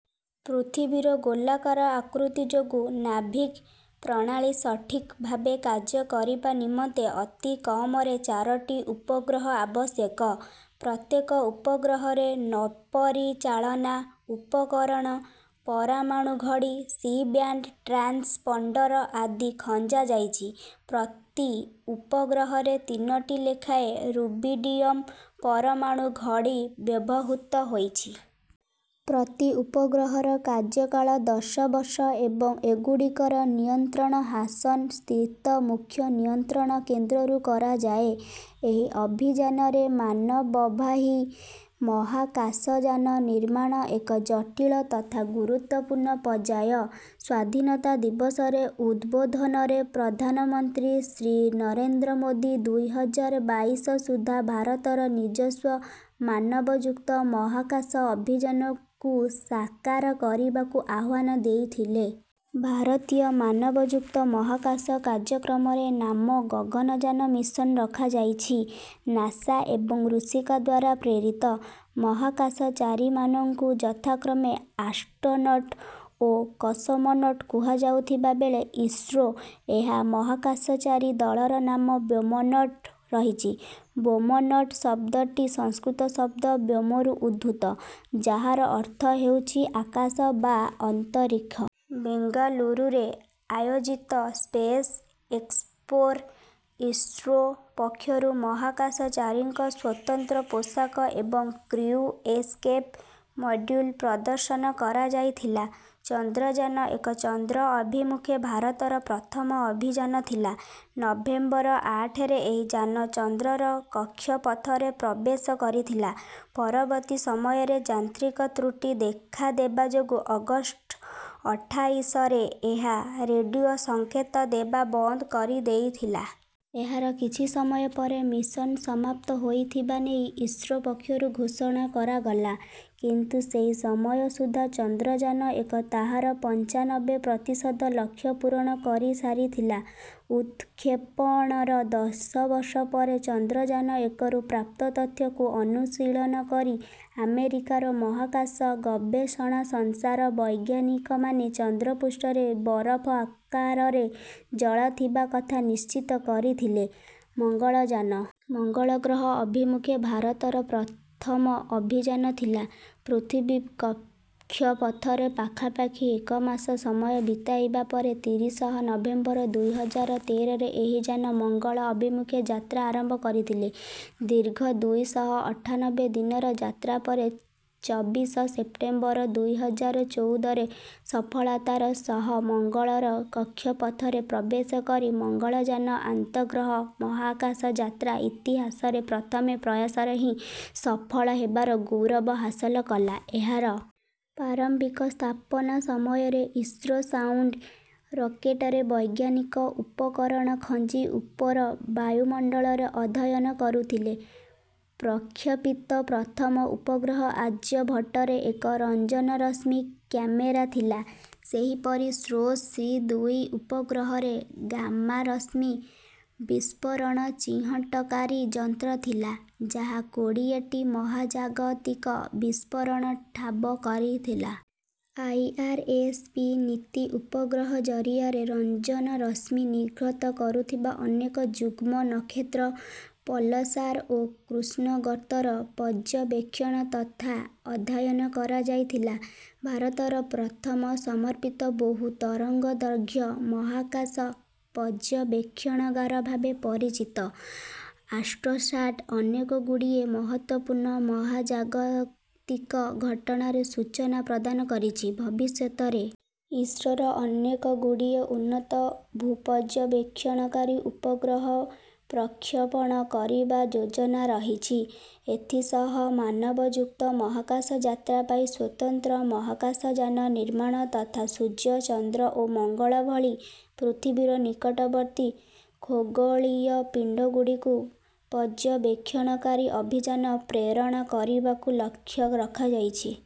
ପୃଥିବୀର ଗୋଲାକାର ଆକୃତି ଯୋଗୁଁ ନାଭିକ୍ ପ୍ରଣାଳୀ ସଠିକ୍ ଭାବେ କାର୍ଯ୍ୟ କରିବା ନିମନ୍ତେ ଅତି କମରେ ଚାରଟି ଉପଗ୍ରହ ଆବଶ୍ୟକ। ପ୍ରତ୍ୟେକ ଉପଗ୍ରହରେ ନୌପରିଚାଳନା ଉପକରଣ, ପରମାଣୁ ଘଡ଼ି, ସି ବ୍ୟାଣ୍ଡ ଟ୍ରାନ୍ସପଣ୍ଡର ଆଦି ଖଞ୍ଜାଯାଇଛି। ପ୍ରତି ଉପଗ୍ରହରେ ତିନଟି ଲେଖାଏଁ ରୁବିଡିୟମ୍ ପରମାଣୁ ଘଡ଼ି ବ୍ୟବହୃତ ହୋଇଛି। ପ୍ରତି ଉପଗ୍ରହର କାର୍ଯ୍ୟକାଳ ଦଶ ବର୍ଷ ଏବଂ ଏଗୁଡ଼ିକର ନିୟନ୍ତ୍ରଣ ହାସନ୍ ସ୍ଥିତ ମୁଖ୍ୟ ନିୟନ୍ତ୍ରଣ କେନ୍ଦ୍ରରୁ କରାଯାଏ। ଏହି ଅଭିଯାନରେ ମାନବବାହୀ ମହାକାଶଯାନ ନିର୍ମାଣ ଏକ ଜଟିଳ ତଥା ଗୁରୁତ୍ୱପୂର୍ଣ୍ଣ ପର୍ଯ୍ୟାୟ। ସ୍ୱାଧୀନତା ଦିବସରେ ଉଦ୍‌ବୋଧନରେ ପ୍ରଧାନମନ୍ତ୍ରୀ ଶ୍ରୀ ନରେନ୍ଦ୍ର ମୋଦୀ ଦୁଇ ହଜାର ବାଇଶ ସୁଦ୍ଧା ଭାରତର ନିଜସ୍ୱ ମାନବଯୁକ୍ତ ମହାକାଶ ଅଭିଯାନକୁ ସାକାର କରିବାକୁ ଆହ୍ୱାନ ଦେଇଥିଲେ। ଭାରତୀୟ ମାନବଯୁକ୍ତ ମହାକାଶ କାର୍ଯ୍ୟକ୍ରମର ନାମ ଗଗନଯାନ ମିଶନ୍ ରଖାଯାଇଛି। ନାସା ଏବଂ ରୁଷିଆ ଦ୍ୱାରା ପ୍ରେରିତ ମହାକାଶଚାରୀମାନଙ୍କୁ ଯଥାକ୍ରମେ ଆଷ୍ଟ୍ରୋନଟ୍ ଓ କସମୋନଟ୍ କୁହାଯାଉଥିବା ବେଳେ, ଇସ୍ରୋ ଏହା ମହାକାଶଚାରୀ ଦଳର ନାମ ବ୍ୟୋମନଟ୍ ରହିଛି। ବ୍ୟୋମନଟ୍ ଶବ୍ଦଟି ସଂସ୍କୃତ ଶବ୍ଦ ବ୍ୟୋମରୁ ଉଦ୍ଧୃତ, ଯାହାର ଅର୍ଥ ହେଉଛି ଆକାଶ ବା ଅନ୍ତରୀକ୍ଷ। ବେଙ୍ଗାଲୁରୁରେ ଆୟୋଜିତ ସ୍ପେସ୍ ଏକ୍ସପୋର ଇସ୍ରୋ ପକ୍ଷରୁ ମହାକାଶଚାରୀଙ୍କ ସ୍ୱତନ୍ତ୍ର ପୋଷାକ ଏବଂ କ୍ରିଉ ଏସ୍‌କେପ୍ ମଡ୍ୟୁଲ୍ ପ୍ରଦର୍ଶନ କରାଯାଇଥିଲା। ଚନ୍ଦ୍ରଯାନ ଏକ ଚନ୍ଦ୍ର ଅଭିମୁଖେ ଭାରତର ପ୍ରଥମ ଅଭିଯାନ ଥିଲା। ନଭେମ୍ବର ଆଠରେ ଏହି ଯାନ ଚନ୍ଦ୍ରର କକ୍ଷପଥରେ ପ୍ରବେଶ କରିଥିଲା। ପରବର୍ତ୍ତୀ ସମୟରେ ଯାନ୍ତ୍ରିକ ତ୍ରୁଟି ଦେଖାଦେବା ଯୋଗୁଁ ଅଗଷ୍ଟ ଅଠାଇଶରେ ଏହା ରେଡିଓ ସଙ୍କେତ ଦେବା ବନ୍ଦ କରିଦେଇଥିଲା। ଏହାର କିଛି ସମୟ ପରେ ମିଶନ୍ ସମାପ୍ତ ହୋଇଥିବା ନେଇ ଇସ୍ରୋ ପକ୍ଷରୁ ଘୋଷଣା କରାଗଲା କିନ୍ତୁ ସେହି ସମୟ ସୁଦ୍ଧା ଚନ୍ଦ୍ରଯାନ ଏକ ତାହାର ପଞ୍ଚାନବେ ପ୍ରତିଶତ ଲକ୍ଷ୍ୟ ପୂରଣ କରିସାରିଥିଲା। ଉତ୍‌କ୍ଷେପଣର ଦଶ ବର୍ଷ ପରେ ଚନ୍ଦ୍ରଯାନ ଏକରୁ ପ୍ରାପ୍ତ ତଥ୍ୟକୁ ଅନୁଶୀଳନ କରି ଆମେରିକାର ମହାକାଶ ଗବେଷଣା ସଂସ୍ଥାର ବୈଜ୍ଞାନିକମାନେ ଚନ୍ଦ୍ରପୃଷ୍ଠରେ ବରଫ ଆକାରରେ ଜଳ ଥିବା କଥା ନିଶ୍ଚିତ କରିଥିଲେ। ମଙ୍ଗଳଯାନ ମଙ୍ଗଳ ଗ୍ରହ ଅଭିମୁଖେ ଭାରତର ପ୍ରଥମ ଅଭିଯାନ ଥିଲା। ପୃଥିବୀ କକ୍ଷପଥରେ ପାଖାପାଖି ଏକ ମାସ ସମୟ ବିତାଇବା ପରେ ତିରିଶ ନଭେମ୍ବର ଦୁଇ ହଜାର ତେରରେ ଏହି ଯାନ ମଙ୍ଗଳ ଅଭିମୁଖେ ଯାତ୍ରା ଆରମ୍ଭ କରିଥିଲେ। ଦୀର୍ଘ ଦୁଇ ଶହ ଅଠାନବେ ଦିନର ଯାତ୍ରା ପରେ ଚବିଶ ସେପ୍ଟେମ୍ବର ଦୁଇ ହଜାର ଚଉଦରେ ସଫଳାତାର ସହ ମଙ୍ଗଳର କକ୍ଷପଥରେ ପ୍ରବେଶ କରି ମଙ୍ଗଳଯାନ ଆନ୍ତର୍ଗ୍ରହ ମହାକାଶ ଯାତ୍ରା ଇତିହାସରେ ପ୍ରଥମ ପ୍ରୟାସରେ ହିଁ ସଫଳ ହେବାର ଗୌରବ ହାସଲ କଲା। ଏହାର-- ପ୍ରାରମ୍ଭିକ ସ୍ଥାପନା ସମୟରେ ଇସ୍ରୋ ସାଉଣ୍ଡ ରକେଟ୍‌ରେ ବୈଜ୍ଞାନିକ ଉପକରଣ ଖଞ୍ଜି ଉପର ବାୟୁମଣ୍ଡଳର ଅଧ୍ୟୟନ କରୁଥିଲେ। ପ୍ରକ୍ଷେପିତ ପ୍ରଥମ ଉପଗ୍ରହ ଆର୍ଯ୍ୟଭଟ୍ଟରେ ଏକ ରଞ୍ଜନ ରଶ୍ମି କ୍ୟାମେରା ଥିଲା। ସେହିପରି ସ୍ରୋସ୍ ସି ଦୁଇ ଉପଗ୍ରହରେ ଗାମା ରଶ୍ମି ବିସ୍ଫୋରଣ ଚିହ୍ନଟକାରୀ ଯନ୍ତ୍ର ଥିଲା, ଯାହା କୋଡ଼ିଏଟି ମହାଜାଗତିକ ବିସ୍ଫୋରଣ ଠାବ କରିଥିଲା। ଆଇଆର୍‌ଏସ୍ ପି ତିନି ଉପଗ୍ରହ ଜରିଆରେ ରଞ୍ଜନ ରଶ୍ମି ନିର୍ଗତ କରୁଥିବା ଅନେକ ଯୁଗ୍ମ ନକ୍ଷତ୍ର, ପଲସାର୍ ଓ କୃଷ୍ଣଗର୍ତ୍ତର ପର୍ଯ୍ୟବେକ୍ଷଣ ତଥା ଅଧ୍ୟୟନ କରାଯାଇଥିଲା। ଭାରତର ପ୍ରଥମ ସମର୍ପିତ ବହୁ ତରଙ୍ଗଦୈର୍ଘ୍ୟ ମହାକାଶ ପର୍ଯ୍ୟବେକ୍ଷଣାଗାର ଭାବେ ପରିଚିତ ଆଷ୍ଟ୍ରୋସାଟ୍ ଅନେକଗୁଡ଼ିଏ ମହତ୍ତ୍ୱପୂର୍ଣ୍ଣ ମହାଜାଗତିକ ଘଟଣାରରେ ସୂଚନା ପ୍ରଦାନ କରିଛି। ଭବିଷ୍ୟତରେ ଇସ୍ରୋର ଅନେକଗୁଡ଼ିଏ ଉନ୍ନତ ଭୂପର୍ଯ୍ୟବେକ୍ଷଣକାରୀ ଉପଗ୍ରହ ପ୍ରକ୍ଷପଣ କରିବା ଯୋଜନା ରହିଛି। ଏଥିସହ ମାନବଯୁକ୍ତ ମହାକାଶ ଯାତ୍ରା ପାଇଁ ସ୍ୱତନ୍ତ୍ର ମହାକାଶଯାନ ନିର୍ମାଣ ତଥା ସୂର୍ଯ୍ୟ, ଚନ୍ଦ୍ର ଓ ମଙ୍ଗଳ ଭଳି ପୃଥିବୀର ନିକଟବର୍ତ୍ତୀ ଖଗୋଳୀୟ ପିଣ୍ଡଗୁଡ଼ିକୁ ପର୍ଯ୍ୟବେକ୍ଷଣକାରୀ ଅଭିଯାନ ପ୍ରେରଣ କରିବାକୁ ଲକ୍ଷ୍ୟ ରଖାଯାଇଛି।